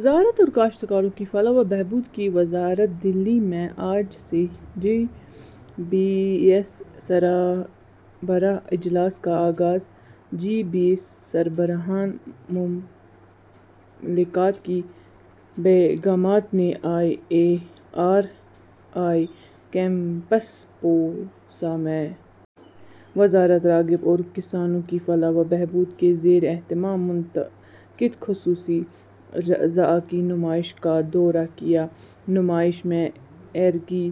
زراعت اور کاشتکاروں کی فلاح و بہبود کی وزارت دہلی میں آج سے جی بیس سربراہ اجلاس کا آغاز جی بیس سربراہان مملکت کی بیگمات نے I A R I campus Pusa میں وزارت زراعت اور کسانوں کی فلاح و بہبود کے زیر اہتمام منعقدہ خصوصی زرعی نمائش کا دورہ کیا نمائش میں ایگری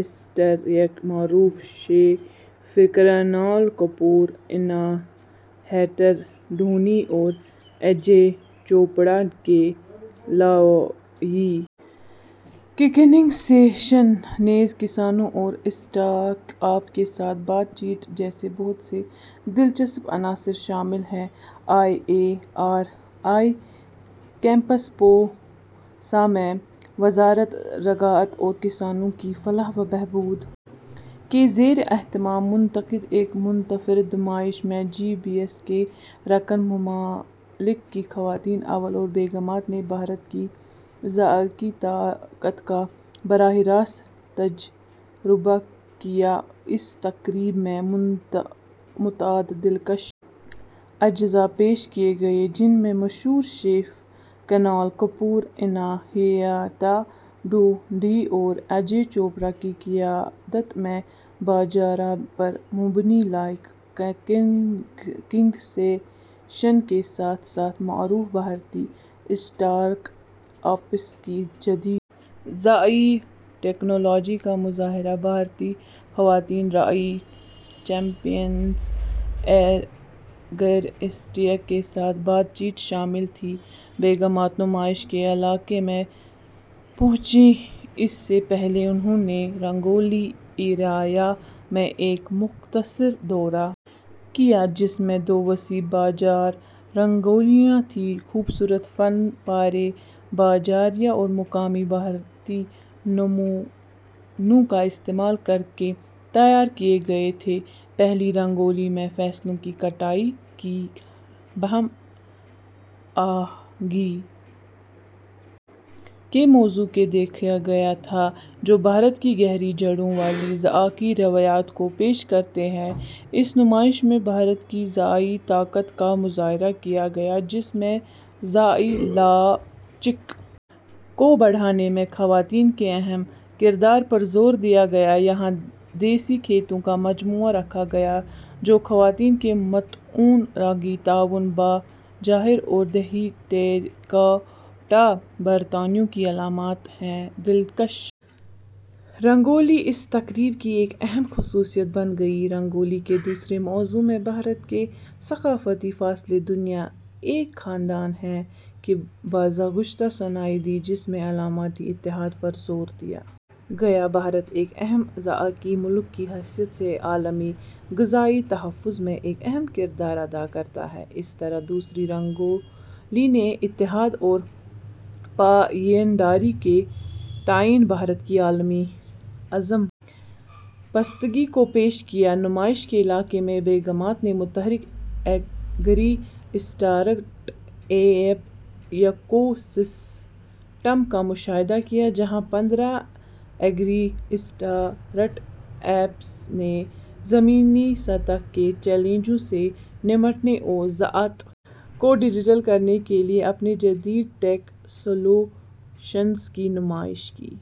اسٹریٹ معروف شیفز کنال کپور اناہیتا ڈھونڈی اور اجے چوپڑا کے لائیو ککنگ سیشن نیز کسانوں اور اسٹارٹ اپ کے ساتھ بات چیت جیسے بہت سے دلچسپ عناصر شامل ہیں I A R I campus Pusa میں وزارت زراعت اور کسانوں کی فلاح و بہبود کے زیر اہتمام منعقدہ ایک منفرد نمائش میں جی بیس کے رکن ممالک کی خواتین اول اور بیگمات نے بھارت کی زرعی طاقت کا براہ راست تجربہ کیا اس تقریب میں متعدد دلکش اجزا پیش کیے گئے جن میں مشہور شیف کنال کپور اناہیتا ڈھونڈی اور اجے چوپڑا کی قیادت میں باجرا پر مبنی لائیو ککنگ سیشن کے ساتھ ساتھ معروف بھارتی اسٹارٹ اپس کی جدید زرعی ٹکنالوجی کا مظاہرہ بھارتی خواتین زرعی چیمپیئنز ایگری اسٹریٹ کے ساتھ بات چیت شامل تھی بیگمات نمائش کے علاقے میں پہنچیں اس سے پہلے انہوں نے رنگولی ایریا میں ایک مختصر دورہ کیا جس میں دو وسیع باجرا رنگولیاں تھیں خوبصورت فن پارے باجرے اور مقامی بھارتی نمونوں کا استعمال کر کے تیار کیے گئے تھے پہلی رنگولی میں فصلوں کی کٹائی کی ہم آہنگی کے موضوع کو دکھایا گیا تھا جو بھارت کی گہری جڑوں والی زرعی روایات کو پیش کرتی ہے اس نمائش میں بھارت کی زرعی طاقت کا مظاہرہ کیا گیا جس میں زرعی لچک کو بڑھانے میں خواتین کے اہم کردار پر زور دیا گیا یہاں دیسی کھلونوں کا مجموعہ رکھا گیا جو خواتین کے متنوع زرعی تعاون باجرا اور دیہی ٹیراکوٹا برتنوں کی علامت ہے دلکش رنگولی اس تقریب کی ایک اہم خصوصیت بن گئی رنگولی کے دوسرے موضوع میں بھارت کے ثقافتی فلسفے دنیا ایک خاندان ہے کی بازگشت سنائی دی جس میں عالمی اتحاد پر زور دیا گیا بھارت ایک اہم زرعی ملک کی حیثیت سے عالمی غذائی تحفظ میں ایک اہم کردار ادا کرتا ہے اس طرح دوسری رنگولی نے اتحاد اور پائیداری کے تئیں بھارت کی عالمی عزم بستگی کو پیش کیا نمائش کے علاقے میں بیگمات نے متحرک agri startup ecosystem کا مشاہدہ کیا جہاں پندرہ ایگری اسٹارٹ اپس نے زمینی سطح کے چیلنجوں سے نمٹنے اور زراعت کو ڈیجیٹلائز کرنے کے لیے اپنے جدید ٹیک سلوشنز کی نمائش کی